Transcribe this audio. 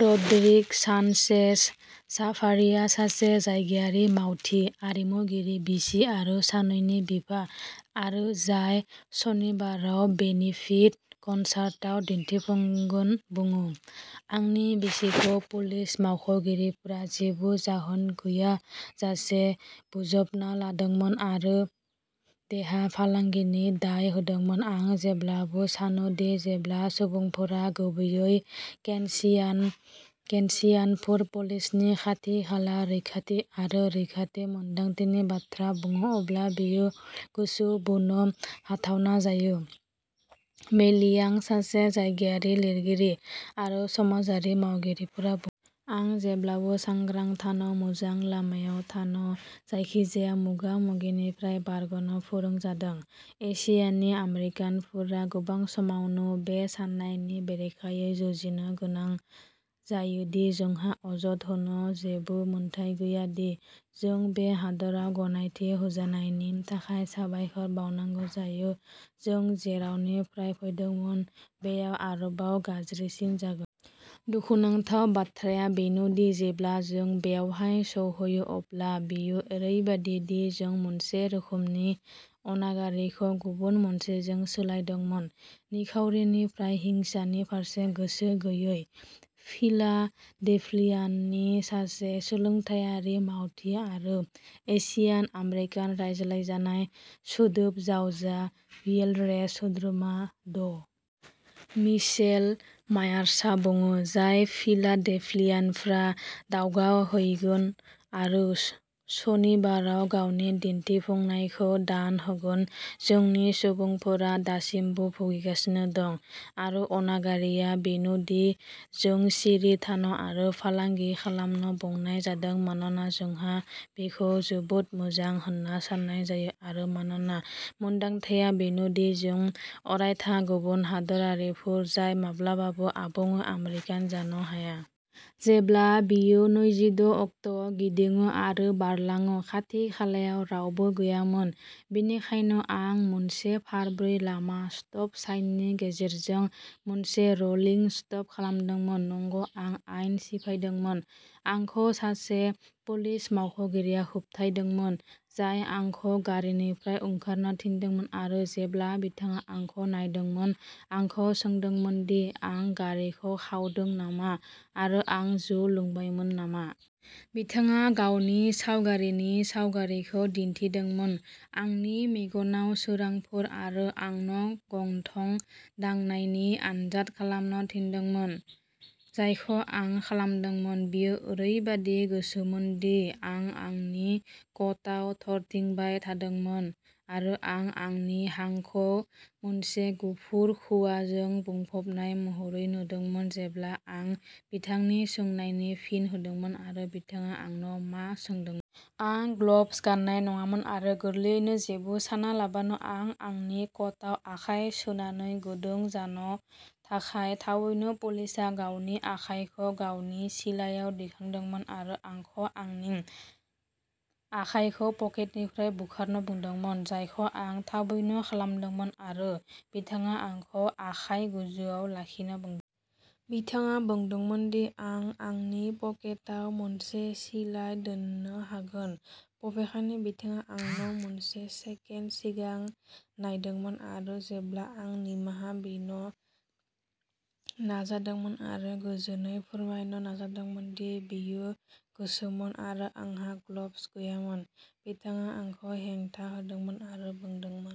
रड्रिग'सानचेज-चाभार्रिया, सासे जायगायारि मावथि, आरिमुगिरि, बिसि आरो सानैनि बिफा, आरो जाय सनिबाराव बेनिफिट कनसार्टआव दिन्थिफुंगोन, बुङो। "आंनि बिसिखौ पुलिस मावख'गिरिफ्रा जेबो जाहोन गैयाजासे बोजबना लादोंमोन आरो देहा फालांगिनि दाय होदोंमोन।" "आं जेब्लाबो सानो दे जेब्ला सुबुंफोरा-गुबैयै केनसियान केसियानफोर-पुलिसनि खाथि-खाला रैखाथि आरो रैखाथि मोन्दांथिनि बाथ्रा बुङो, अब्ला बेयो गोसो बोनो हाथावना जायो", मे ली-यां, सासे जायगायारि लिरगिरि आरो समाजारि मावगिरिफोरा बुं। "आं जेब्लाबो सांग्रां थानो, मोजां लामायाव थानो, जायखिजाया मोगा-मोगिनिफ्राय बारग'नो फोरोंजादों।" एशियानि आम्रेरिकानफोरा गोबां समावनो बे साननायनि बेरेखायै जुजिनो गोनां जायो दि जोंहा अजद होनो जेबो मोन्थाइ गैया, दि जों बे हादोराव गनायथि होजानायनि थाखाय साबायखर बावनांगौ जायो जों जेरावनिफ्राय फैदोंमोन बेयाव आरोबाव गाज्रिसिन जागोन। "दुखुनांथाव बाथ्राया बेनो दि जेब्ला जों बेवहाय सौहैयो, अब्ला बेयो ओरैबादि दि जों मोनसे रोखोमनि अनागारिखौ गुबुन मोनसेजों सोलायदोंमोन, निखावरिनिफ्राय। हिंसानि फारसे गोसो गैयै ", फिलाडेल्फियानि सासे सोलोंथायगिरि, मावथि, आरो एशियान आम्रेरिकान रायज्लायजानाय सोदोब जावजा येल'रेजनि सोद्रोमा ड मिशेल मायार्सआ बुङो, जाय फिलाडेल्फियानफ्रा दावबायहैगोन आरो सनिबाराव गावनि दिन्थिफुंनायखौ दान होगोन।" जोंनि सुबुंफोरा दासिमबो भुगिगासिनो दं, आरो अनागारिआ बेनो दि जों'सिरि थानो आरो फालांगि खालामनो'बुंनाय जादों मानोना जोंहा बेखौ जोबोद मोजां होन्ना सान्नाय जायो आरो मानाना मोन्दांथिया बेनो दि जों अरायथा गुबुन हादोरारिफोर जाय माब्लाबाबो आबुङै आम्रेरिकान जानो हाया। "जेब्ला बेयो नैजिद' अक्ट'आव गिदिङो आरो बारलाङो। खाथि-खालायाव रावबो गैयामोन, बेनिखायनो आं मोनसे फारब्रै-लामा स्टप साइननि गेजेरजों मोनसे र'लिं स्टप खालामदोंमोन। नंगौ, आं आयेन सिफायदोंमोन। आंखौ सासे पुलिस मावख'गिरिया होबथायदोंमोन, जाय आंखौ गारिनिफ्राय ओंखारनो थिनदोंमोन आरो, जेब्ला बिथाङा आंखौ नायदोंमोन, आंखौ सोंदोंमोन दि आं गारिखौ खावदोंमोन नामा, आरो आं जौ लोंबायमोन नामा। बिथाङा गावनि सावगारिनि सावगारिखौ दिन्थिदोंमोन। आंनि मेगनाव सोरांफोर आरो आंनो गन्थं-दांनायनि आनजाद खालामनो थिनदोंमोन, जायखौ आं खालामदोंमोन। बेयो ओरैबायदि गुसुमोनदि आं आंनि कटआ थरथिंबाय थादोंमोन आरो आं आंनि हांखौ मोनसे गुफुर खुवाजों बुंफबनाय महरै नुदोंमोन जेब्ला आं बिथांनि सोंनायनि फिन होदोंमोन आरो बिथाङा आंनो मा सोंदोंमोन। आं ग्लब्स गान्नाय नङामोन, आरो गोरलैयैनो, जेबो सानालाबानो, आं आंनि कटआव आखाइ सोनानै गुदुं जान' थाखाय। थाबैनो पुलिसआ गावनि आखाइखौ गावनि सिलायाव दैखांदोंमोन आरो आंखौ आंनि आखाइखौ पकेटनिफ्राय बोखारनो बुंदोंमोन, जायखौ आं थाबैनो खालामदोंमोन, आरो बिथाङा आंखौ आखाइ गोजौआव लाखिनो बुं। बिथाङा बुंदोंमोन दि आं आंनि पकेटआव मोनसे सिलाइ दोननो हागोन, बबेखानि बिथाङा आंनो मोनसे सेकेन्ड सिगां नायदोंमोन, आरो जेब्ला आं निमाहा बिनो नाजादोंमोन आरो गोजोनै फोरमायनो नाजादोंमोन दि बेयो गुसुमोन आरो आंहा ग्लब्स गैयामोन, बिथाङा आंखौ हेंथा होदोंमोन आरो बुंदोंमोन।